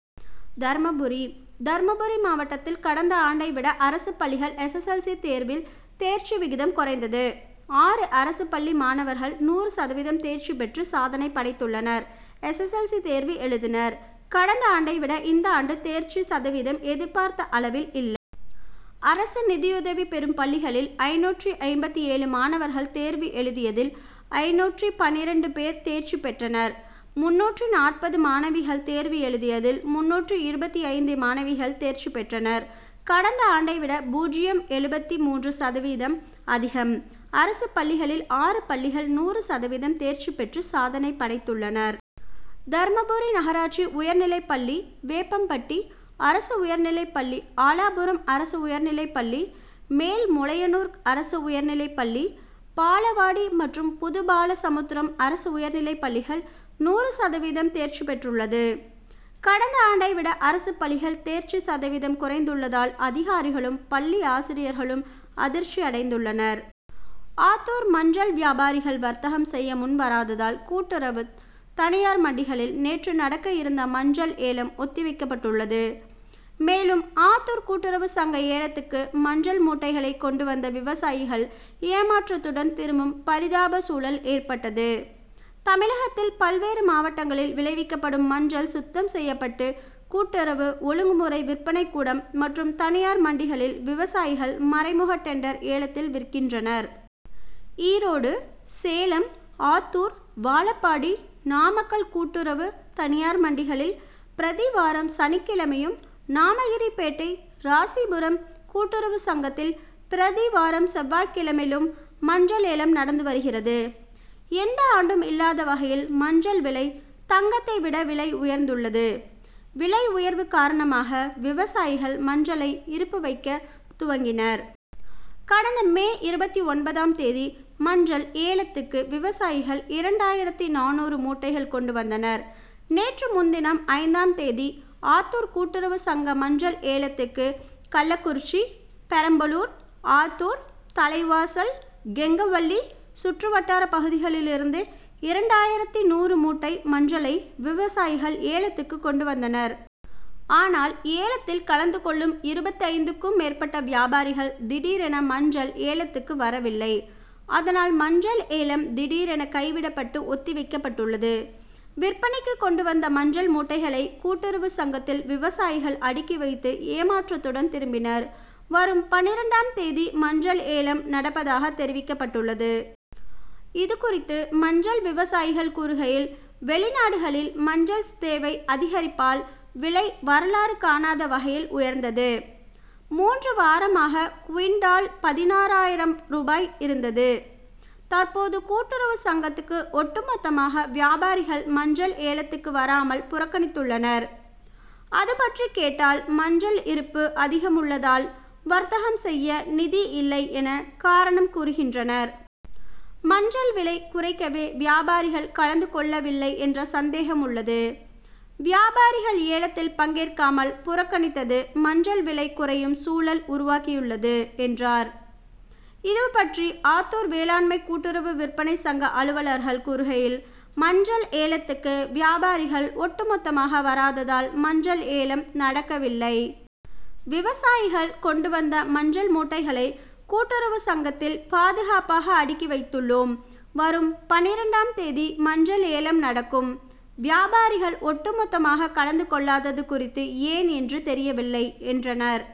தர்மபுரி தர்மபுரி மாவட்டத்தில் கடந்தாண்டை விட அரசு பள்ளிகள் எஸ். எஸ். எல். ஸி. தேர்வில் தேர்ச்சி விகிதம் குறைந்தது. ஆறு அரசு பள்ளி மாணவர்கள் நூறு சதவீதம் தேர்ச்சி பெற்று சாதனை படைத்துள்ளனர். எஸ். எல். ஸி. தேர்வு எழுதினர். கடந்தாண்டை வித இந்தாண்டு தேர்ச்சி சதவீதம் எதிர்பார்த்த அளவில் இல்லை. அரசு நிதியுதவி பெறும் பள்ளிகளில் ஐந்நூற்று ஐம்பத்தேழு மாணவர்கள் தேர்வு எழுதியதில், ஐந்நூற்று பன்னிரண்டு பேர் தேர்ச்சி பெற்றனர். முந்நூற்று நாற்பது மாணவிகள் தேர்வு எழுதியதில், முந்நூற்று இருபத்தைந்து மாணவிகள் தேர்ச்சி பெற்றனர். கடந்தாண்டை விட பூஜ்ஜியம். எழுபத்து மூன்று சதவீதம் அதிகம். அரசு பள்ளிகளில் ஆறு பள்ளிகள் நூறு சதவீதம் தேர்ச்சி பெற்று சாதனை படைத்துள்ளனர். தர்மபுரி நகராட்சி உயர்நிலைப்பள்ளி, வேப்பம்பட்டி அரசு உயர்நிலைப்பள்ளி, ஆலாபுரம் அரசு உயர்நிலைப்பள்ளி, மேல்மொளையனூர் அரசு உயர்நிலைப்பள்ளி, பாலவாடி மற்றும் புதுபாலசமுத்திரம் அரசு உயர்நிலைப்பள்ளிகள் நூறு சதவீதம் தேர்ச்சி பெற்றுள்ளது. கடந்தாண்டை விட அரசு பள்ளிகள் தேர்ச்சி சதவீதம் குறைந்துள்ளதால், அதிகாரிகளும், பள்ளி ஆசிரியர்களும் அதிர்ச்சி அடைந்துள்ளனர். ஆத்தூர் மஞ்சள் வியாபாரிகள் வர்த்தகம் செய்ய முன்வராததால் கூட்டுறவு, தனியார் மண்டிகளில் நேற்று நடக்க இருந்த மஞ்சள் ஏலம் ஒத்திவைக்கபட்டுள்ளது. மேலும், ஆத்தூர் கூட்டுறவு சங்க ஏலத்துக்கு மஞ்சள் மூட்டைகளை கொண்டு வந்த விவசாயிகள் ஏமாற்றத்துடன் திரும்பும் பரிதாப சூழல் ஏற்பட்டது. தமிழகத்தில் பல்வேறு மாவட்டங்களில் விளைவிக்கப்படும் மஞ்சள் சுத்தம் செய்யப்பட்டு கூட்டுறவு, ஒழுங்கு முறை விற்பனை கூடம் மற்றும் தனியார் மண்டிகளில் விவசாயிகள் மறைமுக டெண்டர் ஏலத்தில் விற்கின்றனர். ஈரோடு, சேலம், ஆத்தூர், வாழப்பாடி, நாமக்கல் கூட்டுறவு, தனியார் மண்டிகளில் பிரதி வாரம் சனிக்கிழமையும், நாமகிரிபேட்டை, ராசிபுரம் கூட்டுறவு சங்கத்தில் பிரதி வாரம் செவ்வாய்கிழமையிலும் மஞ்சள் ஏலம் நடந்து வருகிறது. எந்தாண்டும் இல்லாத வகையில் மஞ்சள் விலை தங்கத்தை விட விலை உயர்ந்துள்ளது. விலை உயர்வு காரணமாக விவசாயிகள் மஞ்சளை இருப்பு வைக்க துவங்கினர். கடந்த மே இருபத்தொன்பதாம் தேதி மஞ்சள் ஏலத்துக்கு விவசாயிகள் இரண்டாயிரத்து நானூறு மூட்டைகள் கொண்டு வந்தனர். நேற்று முன்தினம் ஐந்தாம் தேதி ஆத்தூர் கூட்டுறவு சங்க மஞ்சள் ஏலத்துக்கு கள்ளக்குறிச்சி, பெரம்பலூர், ஆத்தூர், தலைவாசல், கெங்கவல்லி சுற்றுவட்டார பகுதிகளிலிருந்து இரண்டாயிரத்து நூறு மூட்டை மஞ்சளை விவசாயிகள் ஏலத்துக்கு கொண்டு வந்தனர். ஆனால், ஏலத்தில் கலந்து கொள்ளும் இருபத்தைந்துக்கும் மேற்பட்ட வியாபாரிகள் திடீரென மஞ்சள் ஏலத்துக்கு வரவில்லை. அதனால், மஞ்சள் ஏலம் திடீரென கைவிடப்பட்டு ஒத்தி வைக்கப்பட்டுள்ளது. விற்பனைக்கு கொண்டு வந்த மஞ்சள் மூட்டைகளை கூட்டுறவு சங்கத்தில் விவசாயிகள் அடுக்கி வைத்து ஏமாற்றத்துடன் திரும்பினர். வரும் பன்னிரண்டாம் தேதி மஞ்சள் ஏலம் நடப்பதாக தெரிவிக்கப்பட்டுள்ளது. இது குறித்து மஞ்சள் விவசாயிகள் கூறுகையில், வெளிநாடுகளில் மஞ்சள் தேவை அதிகரிப்பால் விலை வரலாறு காணாத வகையில் உயர்ந்தது. மூன்று வாரமாக குவிண்டால் பதினாறாயிரம் ரூபாய் இருந்தது. தற்போது கூட்டுறவு சங்கத்துக்கு ஒட்டு மொத்தமாக வியாபாரிகள் மஞ்சள் ஏலத்துக்கு வராமல் புறக்கணித்துள்ளனர். அதுபற்றி கேட்டால் மஞ்சள் இருப்பு அதிகம் உள்ளதால், வர்த்தகம் செய்ய நிதி இல்லை என, காரணம் கூறுகின்றனர். மஞ்சள் விலை குறைக்கவே வியாபாரிகள் கலந்து கொள்ளவில்லை என்ற சந்தேகம் உள்ளது. வியாபாரிகள் ஏலத்தில் பங்கேற்காமல் புறக்கணித்தது மஞ்சள் விலை குறையும் சூழல் உருவாகியுள்ளது என்றார். இது பற்றி ஆத்தூர் வேளாண்மை கூட்டுறவு விற்பனை சங்க அலுவலர்கள் கூறுகையில் மஞ்சள் ஏலத்துக்கு வியாபாரிகள் ஒட்டு மொத்தமாக வராததால், மஞ்சள் ஏலம் நடக்கவில்லை. விவசாயிகள் கொண்டு வந்த மஞ்சள் மூட்டைகளை கூட்டுறவு சங்கத்தில் பாதுகாப்பாக அடுக்கி வைத்துள்ளோம். வரும் பன்னிரண்டாம் தேதி மஞ்சள் ஏலம் நடக்கும். வியாபாரிகள் ஒட்டு மொத்தமாக கலந்து கொள்ளாதது குறித்து ஏன் என்று தெரியவில்லை, என்றனர்.